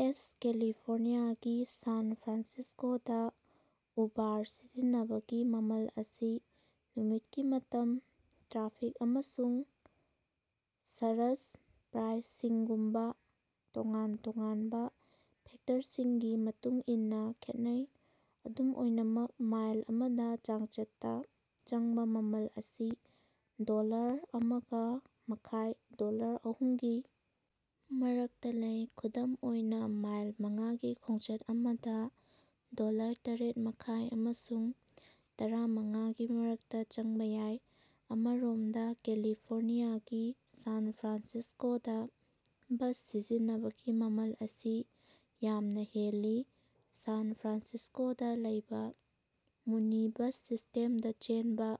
ꯑꯦꯁ ꯀꯦꯂꯤꯐꯣꯔꯅꯤꯌꯥꯒꯤ ꯁꯥꯟ ꯐ꯭ꯔꯥꯟꯁꯤꯁꯀꯣꯗ ꯎꯕꯥꯔ ꯁꯤꯖꯤꯟꯅꯕꯒꯤ ꯃꯃꯜ ꯑꯁꯤ ꯅꯨꯃꯤꯠꯀꯤ ꯃꯇꯝ, ꯇ꯭ꯔꯥꯐꯤꯛ ꯑꯃꯁꯨꯡ ꯁꯔꯖ ꯄ꯭ꯔꯥꯏꯁꯤꯡꯒꯨꯝꯕ ꯇꯣꯉꯥꯟ ꯇꯣꯉꯥꯟꯕ ꯐꯦꯛꯇꯔꯁꯤꯡꯒꯤ ꯃꯇꯨꯡ ꯏꯟꯅ ꯈꯦꯠꯅꯩ꯫ ꯑꯗꯨꯝ ꯑꯣꯏꯅꯃꯛ ꯃꯥꯏꯜ ꯑꯃꯗ ꯆꯥꯡꯆꯠꯇ ꯆꯪꯕ ꯃꯃꯜ ꯑꯁꯤ ꯗꯣꯂꯔ ꯑꯃꯒ ꯃꯈꯥꯏ ꯗꯣꯂꯔ ꯑꯍꯨꯝꯒꯤ ꯃꯔꯛꯇ ꯂꯩ꯫ ꯈꯨꯗꯝ ꯑꯣꯏꯅ, ꯃꯥꯏꯜ ꯃꯉꯥꯒꯤ ꯈꯣꯡꯆꯠ ꯑꯃꯗ ꯗꯣꯂꯔ ꯇꯔꯦꯠ ꯃꯈꯥꯏ ꯑꯃꯁꯨꯡ ꯇꯔꯥꯃꯉꯥꯒꯤ ꯃꯔꯛꯇ ꯆꯪꯕ ꯌꯥꯏ꯫ ꯑꯃꯔꯣꯝꯗ ꯀꯦꯂꯤꯐꯣꯔꯅꯤꯌꯥꯒꯤ ꯁꯥꯟ ꯐ꯭ꯔꯥꯟꯁꯤꯁꯀꯣꯗ ꯕꯁ ꯁꯤꯖꯤꯟꯅꯕꯒꯤ ꯃꯃꯜ ꯑꯁꯤ ꯌꯥꯝꯅ ꯍꯦꯜꯂꯤ꯫ ꯁꯥꯟ ꯐ꯭ꯔꯥꯟꯁꯤꯁꯀꯣꯗꯥ ꯂꯩꯕ ꯃꯨꯅꯤ ꯕꯁ ꯁꯤꯁ꯭ꯇꯦꯝꯗ ꯆꯦꯟꯕ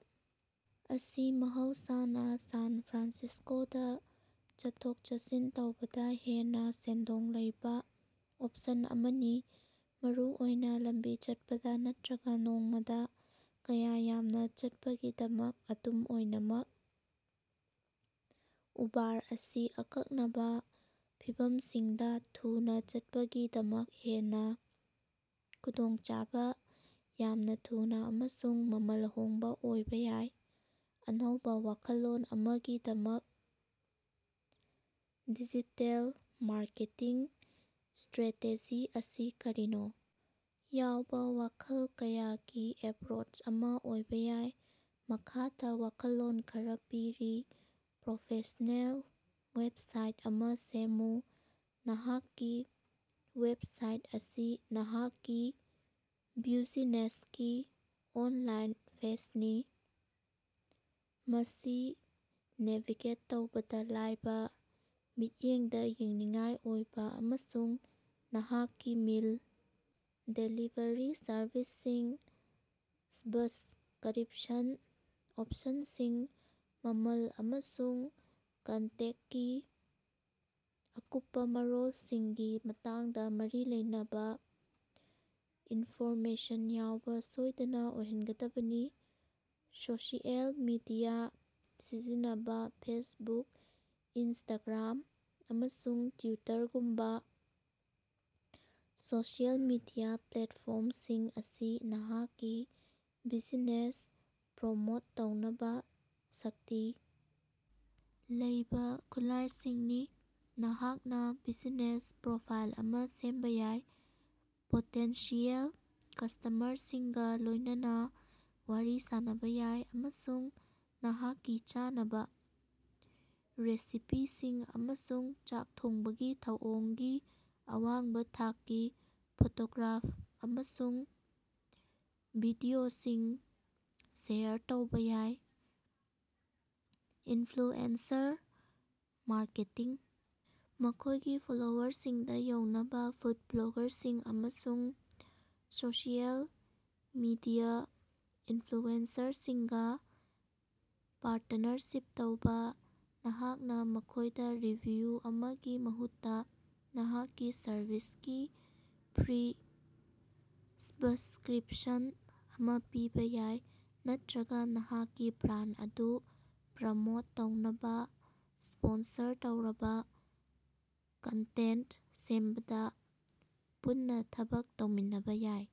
ꯑꯁꯤ ꯃꯍꯧꯁꯥꯅ ꯁꯥꯟ ꯐ꯭ꯔꯥꯟꯁꯤꯁꯀꯣꯗ ꯆꯠꯊꯣꯛ-ꯆꯠꯁꯤꯟ ꯇꯧꯕꯗ ꯍꯦꯟꯅ‌ ꯁꯦꯟꯗꯣꯡ ꯂꯩꯕ ꯑꯣꯞꯁꯟ ꯑꯃꯅꯤ, ꯃꯔꯨꯑꯣꯏꯅ ꯂꯝꯕꯤ ꯆꯠꯄꯗ ꯅꯠꯇꯔꯒ ꯅꯣꯡꯃꯗ ꯀꯌꯥ ꯌꯥꯝꯅ ꯆꯠꯄꯒꯤꯗꯃꯛ꯫ ꯑꯗꯨꯝ ꯑꯣꯏꯅꯃꯛ ꯎꯕꯥꯔ ꯑꯁꯤ ꯑꯀꯛꯅꯕ ꯐꯤꯚꯝꯁꯤꯡꯗ ꯊꯨꯅ ꯆꯠꯄꯒꯤꯗꯃꯛ ꯍꯦꯟꯅ ꯈꯨꯗꯣꯡꯆꯥꯕ, ꯌꯥꯝꯅ‌ ꯊꯨꯅ ꯑꯃꯁꯨꯡ ꯃꯃꯜ ꯍꯣꯡꯕ‌ ꯑꯣꯏꯕ ꯌꯥꯏ꯫ ꯑꯅꯧꯕꯥ ꯋꯥꯈꯜꯂꯣꯟ ꯑꯃꯒꯤꯗꯃꯛ ꯗꯤꯖꯤꯇꯦꯜ ꯃꯥꯔꯀꯦꯇꯤꯡ ꯁ꯭ꯇꯔꯦꯇꯦꯖꯤ ꯑꯁꯤ ꯀꯔꯤꯅꯣ? ꯌꯥꯎꯕ ꯃꯈꯜ ꯀꯌꯥꯒꯤ ꯑꯦꯞꯔꯣꯆ ꯑꯃ ꯑꯣꯏꯕ ꯌꯥꯏ꯫ ꯃꯈꯥꯗ ꯋꯥꯈꯜꯂꯣꯟ ꯈꯔ ꯄꯤꯔꯤ- ꯄ꯭ꯔꯣꯐꯦꯁ꯭ꯅꯦꯜ ꯋꯦꯕꯁꯥꯏꯠ ꯑꯃ ꯁꯦꯝꯃꯨ - ꯅꯍꯥꯛꯀꯤ ꯋꯦꯕꯁꯥꯏꯠ ꯑꯁꯤ ꯅꯍꯥꯛꯀꯤ ꯕ꯭ꯌꯨꯖꯤꯅꯦꯁꯀꯤ ꯑꯣꯟꯂꯥꯏꯟ ꯐꯦꯁꯅꯤ꯫ ꯃꯁꯤ ꯅꯦꯚꯤꯒꯦꯠ ꯇꯧꯕꯗ ꯂꯥꯏꯕ, ꯃꯤꯠꯌꯦꯡꯗ ꯌꯦꯡꯅꯤꯡꯉꯥꯏ ꯑꯣꯏꯕ ꯑꯃꯁꯨꯡ ꯅꯍꯥꯛꯀꯤ ꯃꯤꯜ ꯗꯦꯂꯤꯚꯔꯤ ꯁꯔꯚꯤꯁꯁꯤꯡ, ꯁ꯭ꯕꯁꯀꯔꯤꯞꯁꯟ ꯑꯣꯞꯁꯟꯁꯤꯡ, ꯃꯃꯜ ꯑꯃꯁꯨꯡ ꯀꯟꯇꯦꯛꯇꯀꯤ ꯑꯀꯨꯞꯄ ꯃꯔꯣꯜꯁꯤꯡꯒꯤ ꯃꯇꯥꯡꯗ ꯃꯔꯤ ꯂꯩꯅꯕ ꯏꯟꯐꯣꯔꯃꯦꯁꯟ ꯌꯥꯎꯕ ꯁꯣꯏꯗꯅ ꯑꯣꯏꯍꯟꯒꯗꯕꯅꯤ꯫ ꯁꯣꯁꯤꯑꯦꯜ ꯃꯤꯗꯤꯌꯥ ꯁꯤꯖꯤꯟꯅꯕ - ꯐꯦꯁꯕꯨꯛ, ꯏꯟꯁꯇꯥꯒ꯭ꯔꯥꯝ ꯑꯃꯁꯨꯡ ꯇ꯭ꯌꯨꯇꯔꯒꯨꯝꯕꯥ ꯁꯣꯁꯤꯑꯦꯜ ꯃꯤꯗꯤꯌꯥ ꯄ꯭ꯂꯦꯠꯐꯣꯔꯝꯁꯤꯡ ꯑꯁꯤ ꯅꯍꯥꯛꯀꯤ ꯕꯤꯖꯤꯅꯦꯁ ꯄ꯭ꯔꯃꯣꯠ ꯇꯧꯅꯕ‌ ꯁꯛꯇꯤ ꯂꯩꯕ‌ ꯈꯨꯠꯂꯥꯏꯁꯤꯡꯅꯤ꯫ ꯅꯍꯥꯛꯅ ꯕꯤꯖꯤꯅꯦꯁ ꯄ꯭ꯔꯣꯐꯥꯏꯜ ꯑꯃ ꯁꯦꯝꯕ ꯌꯥꯏ, ꯄꯣꯇꯦꯟꯁꯤꯌꯦꯜ ꯀꯁ꯭ꯇꯃꯔꯁꯤꯡꯒ ꯂꯣꯏꯅꯅ ꯋꯥꯔꯤ ꯁꯥꯅꯕ ꯌꯥꯏ, ꯑꯃꯁꯨꯡ ꯅꯍꯥꯛꯀꯤ ꯆꯥꯅꯕ, ꯔꯦꯁꯤꯄꯤꯁꯤꯡ ꯑꯃꯁꯨꯡ ꯆꯥꯛ ꯊꯣꯡꯕꯒꯤ ꯊꯧꯑꯣꯡꯒꯤ ꯑꯋꯥꯡꯕ ꯊꯥꯛꯀꯤ ꯐꯣꯇꯣꯒ꯭ꯔꯥꯐ ꯑꯃꯁꯨꯡ ꯚꯤꯗꯤꯑꯣꯁꯤꯡ ꯁꯦꯌꯔ ꯇꯧꯕ ꯌꯥꯏ꯫ ꯏꯟꯐ꯭ꯂꯨꯑꯦꯟꯁꯔ ꯃꯥꯔꯀꯦꯠꯇꯤꯡ - ꯃꯈꯣꯏꯒꯤ ꯐꯣꯂꯣꯋꯔꯁꯤꯡꯗ ꯌꯧꯅꯕ ꯐꯨꯗ ꯕ꯭ꯂꯣꯒꯥꯔꯁꯤꯡ ꯑꯃꯁꯨꯡ ꯁꯣꯁꯤꯑꯦꯜ ꯃꯤꯗꯤꯌ ꯏꯟꯐ꯭ꯂꯨꯑꯦꯟꯁꯔꯁꯤꯡꯒ‌ ꯄꯥꯔꯇꯅꯔꯁꯤꯞ ꯇꯧꯕ꯫ ꯅꯍꯥꯛꯅ ꯃꯈꯣꯏꯗ ꯔꯤꯚꯤꯌꯨ ꯑꯃꯒꯤ ꯃꯍꯨꯠꯇ ꯅꯍꯥꯛꯀꯤ ꯁꯔꯚꯤꯁꯀꯤ ꯐ꯭ꯔꯤ ꯁ꯭ꯕꯁꯀ꯭ꯔꯤꯞꯁꯟ ꯑꯃ ꯄꯤꯕ ꯌꯥꯏ, ꯅꯠꯇꯔꯒ ꯅꯍꯥꯛꯀꯤ ꯕ꯭ꯔꯥꯟꯗ ꯑꯗꯨ ꯄ꯭ꯔꯃꯣꯠ ꯇꯧꯅꯕ ꯁ꯭ꯄꯣꯟꯁꯔ ꯇꯧꯔꯕ ꯀꯟꯇꯦꯟꯇ ꯁꯦꯝꯕꯗ ꯄꯨꯟꯅ‌ ꯊꯕꯛ ꯇꯧꯃꯤꯟꯅꯕ ꯌꯥꯏ꯫